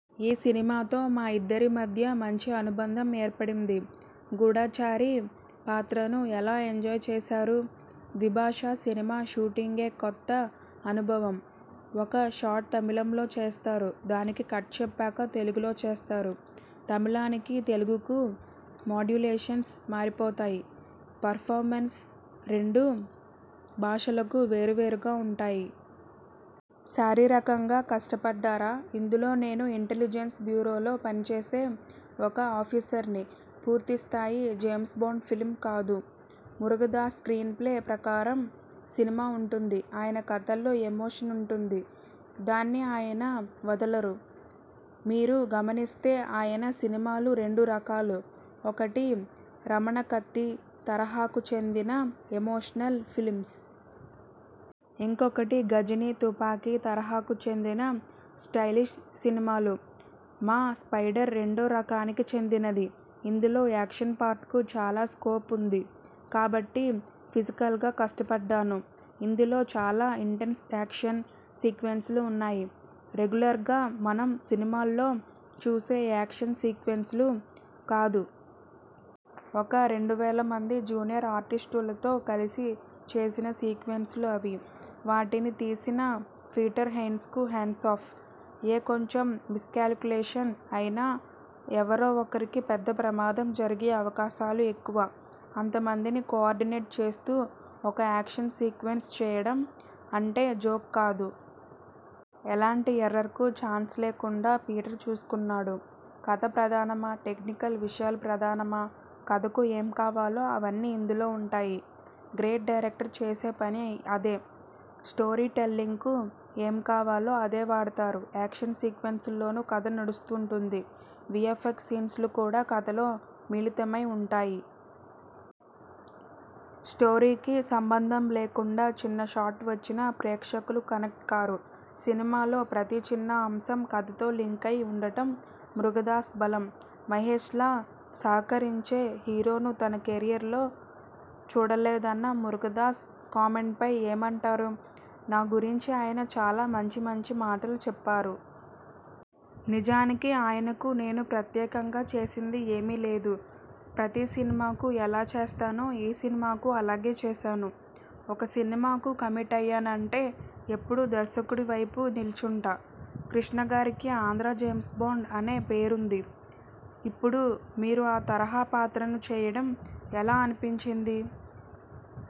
ఈ సినిమాతో మా ఇద్దరి మధ్య మంచి అనుబంధం ఏర్పడింది. గూఢచారి పాత్రను ఎలా ఎంజాయ్ చేశారు? ద్విభాషా సినిమా షూటింగే కొత్త అనుభవం. ఒక షాట్ తమిళంలో చేస్తారు. దానికి కట్ చెప్పాక, తెలుగులో చేస్తారు. తమిళానికీ, తెలుగుకూ మాడ్యులేషన్స్ మారిపోతాయి. పెర్ఫార్మెన్సెస్ రెండు భాషలకూ వేర్వేరుగా ఉంటాయి. శారీరకంగా కష్టపడ్డారా? ఇందులో నేను ఇంటలిజెన్స్ బ్యూరోలో పనిచేసే ఒక ఆఫీసర్ని. పూర్తి స్థాయి జేమ్స్బాండ్ ఫిల్మ్ కాదు. మురుగదాస్ స్ర్కీన్ప్లే ప్రకారం సినిమా ఉంటుంది. ఆయన కథల్లో ఎమోషన్ ఉంటుంది. దాన్ని ఆయన వదలరు. మీరు గమనిస్తే ఆయన సినిమాలు రెండు రకాలు. ఒకటి 'రమణ', 'కత్తి' తరహాకు చెందిన ఎమోషనల్ ఫిలిమ్స్. ఇంకొకటి 'గజిని', 'తుపాకి' తరహాకు చెందిన స్టయిలిష్ సినిమాలు. మా 'స్పైడర్' రెండో రకానికి చెందినది. ఇందులో యాక్షన్ పార్ట్కు చాలా స్కోప్ ఉంది కాబట్టి ఫిజికల్గా కష్టపడ్డాను. ఇందులో చాలా ఇంటెన్స్ యాక్షన్ సీక్వెన్స్లు ఉన్నాయి. రెగ్యులర్గా మనం సినిమాల్లో చూసే యాక్షన్ సీక్వెన్స్లు కాదు. ఒక రెండు వేల మంది జూనియర్ ఆర్టిస్టులతో కలిసి చేసిన సీక్వెన్స్లు అవి. వాటిని తీసిన పీటర్ హెయిన్స్కు హ్యాట్సాఫ్! ఏ కొంచెం మిస్కాలిక్యులేషన్ అయినా ఎవరో ఒకరికి పెద్ద ప్రమాదం జరిగే అవకాశాలు ఎక్కువ. అంతమందిని కో-ఆర్డినేట్ చేస్తూ ఒక యాక్షన్ సీక్వెన్స్ చేయడం అంటే జోక్ కాదు. ఎలాంటి ఎర్రర్కూ ఛాన్స్ లేకుండా పీటర్ చూసుకున్నాడు. కథ ప్రధానమా? టెక్నికల్ విషయాలు ప్రధానమా? కథకు ఏం కావాలో అవన్నీ ఇందులో ఉంటాయి. గ్రేట్ డైరెక్టర్ చేసే పని అదే. స్టోరీ టెల్లింగ్కు ఏం కావాలో అదే వాడతారు. యాక్షన్ సీక్వెన్స్లలోనూ కథ నడుస్తుంటుంది. వీఎ్ఫఎక్స్ సీన్లు కూడా కథలో మిళితమై ఉంటాయి. స్టోరీకి సంబంధం లేకుండా చిన్న షాట్ వచ్చినా ప్రేక్షకులు కనెక్ట్ కారు. సినిమాలో ప్రతి చిన్న అంశం కథతో లింకై ఉండటం మురుగదాస్ బలం. మహేశ్లా సహకరించే హీరోను తన కెరీర్లో చూడలేదన్న మురుగదాస్ కామెంట్పై ఏమంటారు? నా గురించి ఆయన చాలా మంచి మంచి మాటలు చెప్పారు. నిజానికి ఆయనకు నేను ప్రత్యేకంగా చేసింది ఏమీ లేదు. ప్రతి సినిమాకూ ఎలా చేస్తానో ఈ సినిమాకూ అలాగే చేశాను. ఒక సినిమాకు కమిట్ అయ్యానంటే ఎప్పుడూ దర్శకుడి వైపు నిల్చుంటా! కృష్ణగారికి 'ఆంధ్రా జేమ్స్బాండ్' అనే పేరుంది. ఇప్పుడు మీరు ఆ తరహా పాత్రను చేయడం ఎలా అనిపించింది?